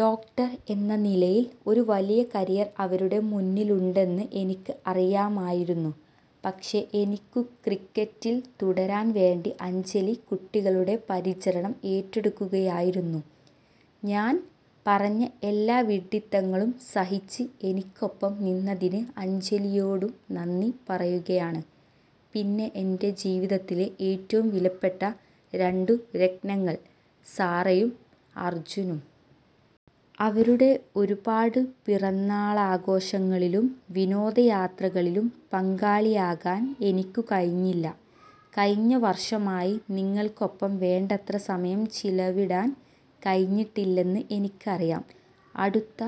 Doctor എന്ന നിലയിൽ ഒരു വലിയ കരിയർ അവരുടെ മുന്നിലുണ്ടെന്ന് എനിക്ക് അറിയാമായിരുന്നു. പക്ഷേ, എനിക്കു ക്രിക്കറ്റിൽ തുടരാൻ വേണ്ടി അഞ്ജലി കുട്ടികളുടെ പരിചരണം ഏറ്റെടുക്കുകയായിരുന്നു. ഞാൻ പറഞ്ഞ എല്ലാ വിഡ്ഢിത്തങ്ങളും സഹിച്ച് എനിക്കൊപ്പം നിന്നതിന് അഞ്ജലിയോടു നന്ദി പറയുകയാണ്. പിന്നെ എന്റെ ജീവിതത്തിലെ ഏറ്റവും വിലപ്പെട്ട രണ്ടു രത്നങ്ങൾ- സാറയും അർജുനും. അവരുടെ ഒരു പാട് പിറന്നാളാഘോഷങ്ങളിലും വിനോദയാത്രകളിലും പങ്കാളിയാകാൻ എനിക്കു കഴിഞ്ഞില്ല. കഴിഞ്ഞ വർഷമായി നിങ്ങൾക്കൊപ്പം വേണ്ടത്ര സമയം ചിലവിടാൻ കഴിഞ്ഞിട്ടില്ലെന്ന് എനിക്കറിയാം. അടുത്ത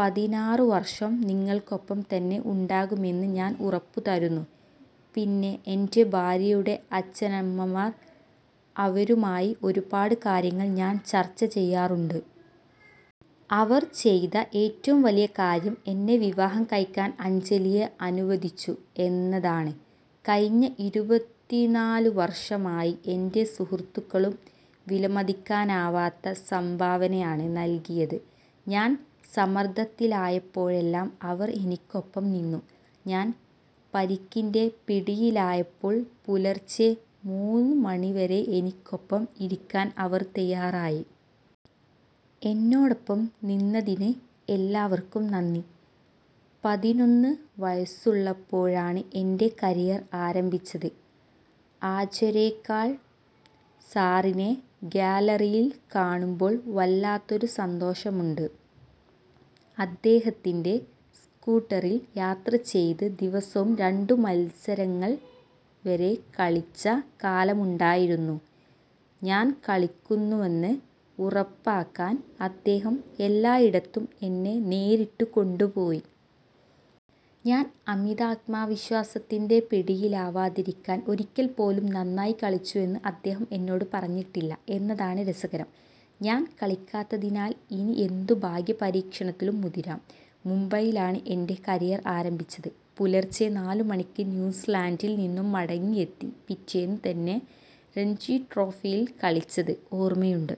പതിനാറു വർഷം നിങ്ങൾക്കൊപ്പം തന്നെ ഉണ്ടാകുമെന്ന് ഞാൻ ഉറപ്പു തരുന്നു. പിന്നെ എന്റെ ഭാര്യയുടെ അച്ഛനമ്മമാർ. അവരുമായി ഒരുപാട് കാര്യങ്ങൾ ഞാൻ ചർച്ച ചെയ്യാറുണ്ട്. അവർ ചെയ്ത ഏറ്റവും വലിയ കാര്യം എന്നെ വിവാഹം കഴിക്കാൻ അഞ്ജലിയെ അനുവദിച്ചു എന്നതാണ്. കഴിഞ്ഞ ഇരുപത്തിനാലു വർഷമായി എന്റെ സുഹൃത്തുക്കളും വിലമതിക്കാനാവാത്ത സംഭാവനയാണ് നൽകിയത്. ഞാൻ സമ്മർദത്തിലായപ്പോഴെല്ലാം അവർ എനിക്കൊപ്പം നിന്നു. ഞാൻ പരിക്കിന്റെ പിടിയിലായപ്പോൾ പുലർച്ചെ മൂന്നു മണിവരെ എനിക്കൊപ്പം ഇരിക്കാൻ അവർ തയ്യാറായി. എന്നോടൊപ്പം നിന്നതിന് എല്ലാവർക്കും നന്ദി. പതിനൊന്ന് വയസ്സുള്ളപ്പോഴാണ് എന്റെ കരിയർ ആരംഭിച്ചത്. അചരേക്കൾ സാറിനെ ഗ്യാലറിയിൽ കാണുമ്പോൾ വല്ലാത്തൊരു സന്തോഷമുണ്ട്. അദ്ദേഹത്തിന്റെ സ്കൂട്ടറിൽ യാത്ര ചെയ്ത് ദിവസവും രണ്ടു മത്സരങ്ങൾ വരെ കളിച്ച കാലമുണ്ടായിരുന്നു. ഞാൻ കളിക്കുന്നുവെന്ന് ഉറപ്പാക്കാൻ അദ്ദേഹം എല്ലായിടത്തും എന്നെ നേരിട്ടു കൊണ്ടുപോയി. ഞാൻ അമിതാത്മവിശ്വാസത്തിന്റെ പിടിയിലാവാതിരിക്കാൻ ഒരിക്കൽപ്പോലും നന്നായി കളിച്ചുവെന്ന് അദ്ദേഹം എന്നോടു പറഞ്ഞിട്ടില്ല എന്നതാണ് രസകരം. സർ, ഞാൻ കളിക്കാത്തതിനാൽ ഇനി എന്തു ഭാഗ്യപരീക്ഷണത്തിനും മുതിരാം. മുംബൈയിലാണ് എന്റെ കരിയർ ആരംഭിച്ചത്. പുലർച്ചെ നാലു മണിക്ക് ന്യൂസീലൻഡിൽ നിന്നു മടങ്ങിയെത്തി പിറ്റേന്നു തന്നെ രഞ്ജി ട്രോഫിയിൽ കളിച്ചത് ഓർമയുണ്ട്.